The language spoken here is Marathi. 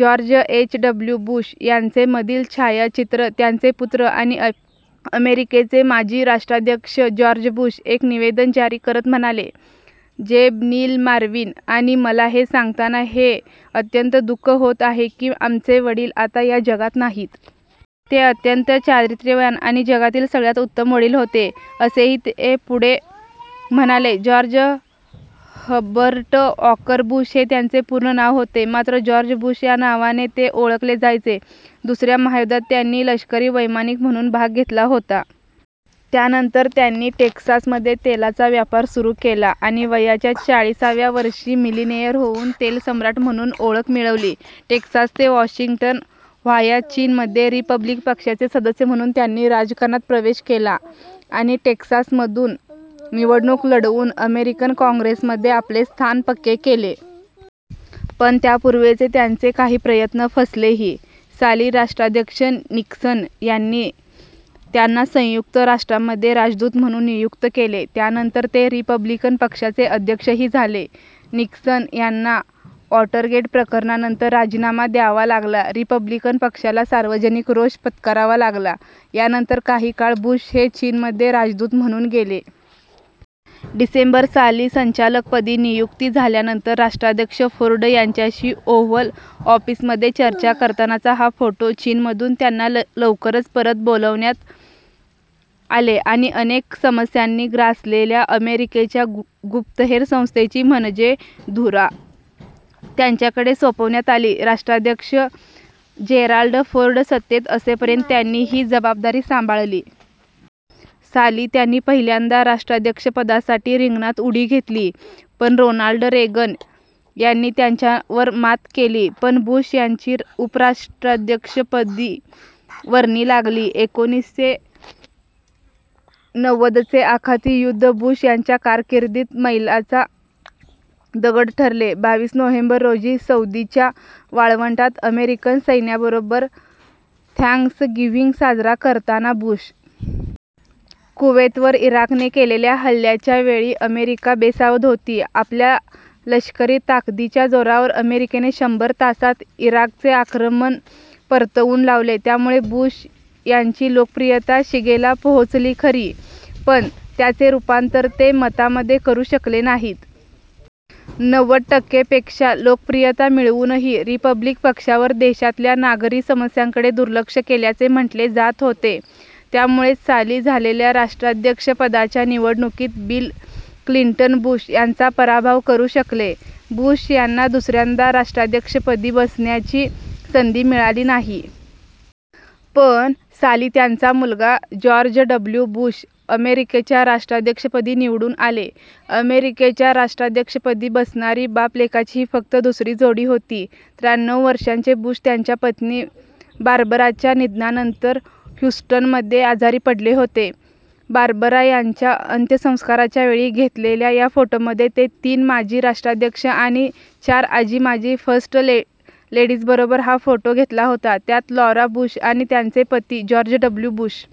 George H. डब्ल्यू. बुश यांचे मधील छायाचित्र त्यांचे पुत्र आणि अमेरिकेचे माजी राष्ट्राध्यक्ष जॉर्ज बुश एक निवेदन जारी करत म्हणाले, "जेब, नील, मार्विन आणि मला हे सांगताना हे अत्यंत दुःख होत आहे की आमचे वडील आता या जगात नाहीत." "ते अत्यंत चारित्र्यवान आणि जगातील सगळ्यात उत्तम वडील होते." असेही ते पुढे म्हणाले. जॉर्ज हर्बर्ट वॉकर बुश हे त्यांचे पूर्ण नाव होते, मात्र जॉर्ज बुश या नावाने ते ओळखले जायचे. दुसऱ्या महायुद्धात त्यांनी लष्करी वैमानिक म्हणून भाग घेतला होता. त्यानंतर त्यांनी टेक्सासमध्ये तेलाचा व्यापार सुरू केला आणि वयाच्या चाळीसाव्या वर्षी मिलिनेयर होऊन 'तेलसम्राट' म्हणून ओळख मिळवली. टेक्सास ते वॉशिंग्टन व्हाया चीन मध्ये रिपब्लिक पक्षाचे सदस्य म्हणून त्यांनी राजकारणात प्रवेश केला आणि टेक्सासमधून निवडणूक लढवून अमेरिकन काँग्रेसमध्ये आपले स्थान पक्के केले. पण त्यापूर्वीचे त्यांचे काही प्रयत्न फसलेही. साली राष्ट्राध्यक्ष निक्सन यांनी त्यांना संयुक्त राष्ट्रांमध्ये राजदूत म्हणून नियुक्त केले, त्यानंतर ते रिपब्लिकन पक्षाचे अध्यक्षही झाले. निक्सन यांना 'वॉटरगेट' प्रकरणानंतर राजीनामा द्यावा लागला. रिपब्लिकन पक्षाला सार्वजनिक रोष पत्करावा लागला, यानंतर काही काळ बुश हे चीनमध्ये राजदूत म्हणून गेले. डिसेंबर साली संचालकपदी नियुक्ती झाल्यानंतर राष्ट्राध्यक्ष फोर्ड यांच्याशी ओव्हल ऑफिसमध्ये चर्चा करतानाचा हा फोटो. चीनमधून त्यांना लवकरच परत बोलावण्यात आले आणि अनेक समस्यांनी ग्रासलेल्या अमेरिकेच्या गुप्तहेर संस्थेची म्हणजे धुरा त्यांच्याकडे सोपवण्यात आली. राष्ट्राध्यक्ष जेराल्ड फोर्ड सत्तेत असेपर्यंत त्यांनी ही जबाबदारी सांभाळली. साली त्यांनी पहिल्यांदा राष्ट्राध्यक्षपदासाठी रिंगणात उडी घेतली, पण रोनाल्ड रेगन यांनी त्यांच्यावर मात केली. पण बुश यांची उपराष्ट्राध्यक्षपदी वर्णी लागली. एकोणीसशे नव्वदचे आखाती युद्ध बुश यांच्या कारकिर्दीत मैलाचा दगड ठरले. बावीस नोव्हेंबर रोजी सौदीच्या वाळवंटात अमेरिकन सैन्याबरोबर थँक्सगिव्हिंग साजरा करताना बुश. कुवेतवर इराकने केलेल्या हल्ल्याच्या वेळी अमेरिका बेसावध होती. आपल्या लष्करी ताकदीच्या जोरावर अमेरिकेने शंभर तासात इराकचे आक्रमण परतवून लावले. त्यामुळे बुश यांची लोकप्रियता शिगेला पोहोचली खरी, पण त्याचे रूपांतर ते मतांमध्ये करू शकले नाहीत. नव्वद टक्के पेक्षा लोकप्रियता मिळवूनही रिपब्लिक पक्षावर देशातल्या नागरी समस्यांकडे दुर्लक्ष केल्याचे म्हटले जात होते. त्यामुळेच साली झालेल्या राष्ट्राध्यक्षपदाच्या निवडणुकीत बिल क्लिंटन बुश यांचा पराभव करू शकले. बुश यांना दुसऱ्यांदा राष्ट्राध्यक्षपदी बसण्याची संधी मिळाली नाही. पण साली त्यांचा मुलगा जॉर्ज डब्ल्यू. बुश अमेरिकेच्या राष्ट्राध्यक्षपदी निवडून आले. अमेरिकेच्या राष्ट्राध्यक्षपदी बसणारी बाप-लेकाची ही फक्त दुसरी जोडी होती. त्र्याण्णव वर्षांचे बुश त्यांच्या पत्नी बार्बराच्या निधनानंतर ह्यूस्टनमध्ये आजारी पडले होते. बार्बरा यांच्या अंत्यसंस्काराच्या वेळी घेतलेल्या या फोटोमध्ये ते तीन माजी राष्ट्राध्यक्ष आणि चार आजी-माजी फर्स्ट लेडीजबरोबर हा फोटो घेतला होता. त्यात लॉरा बुश आणि त्यांचे पती जॉर्ज डब्ल्यू. बुश,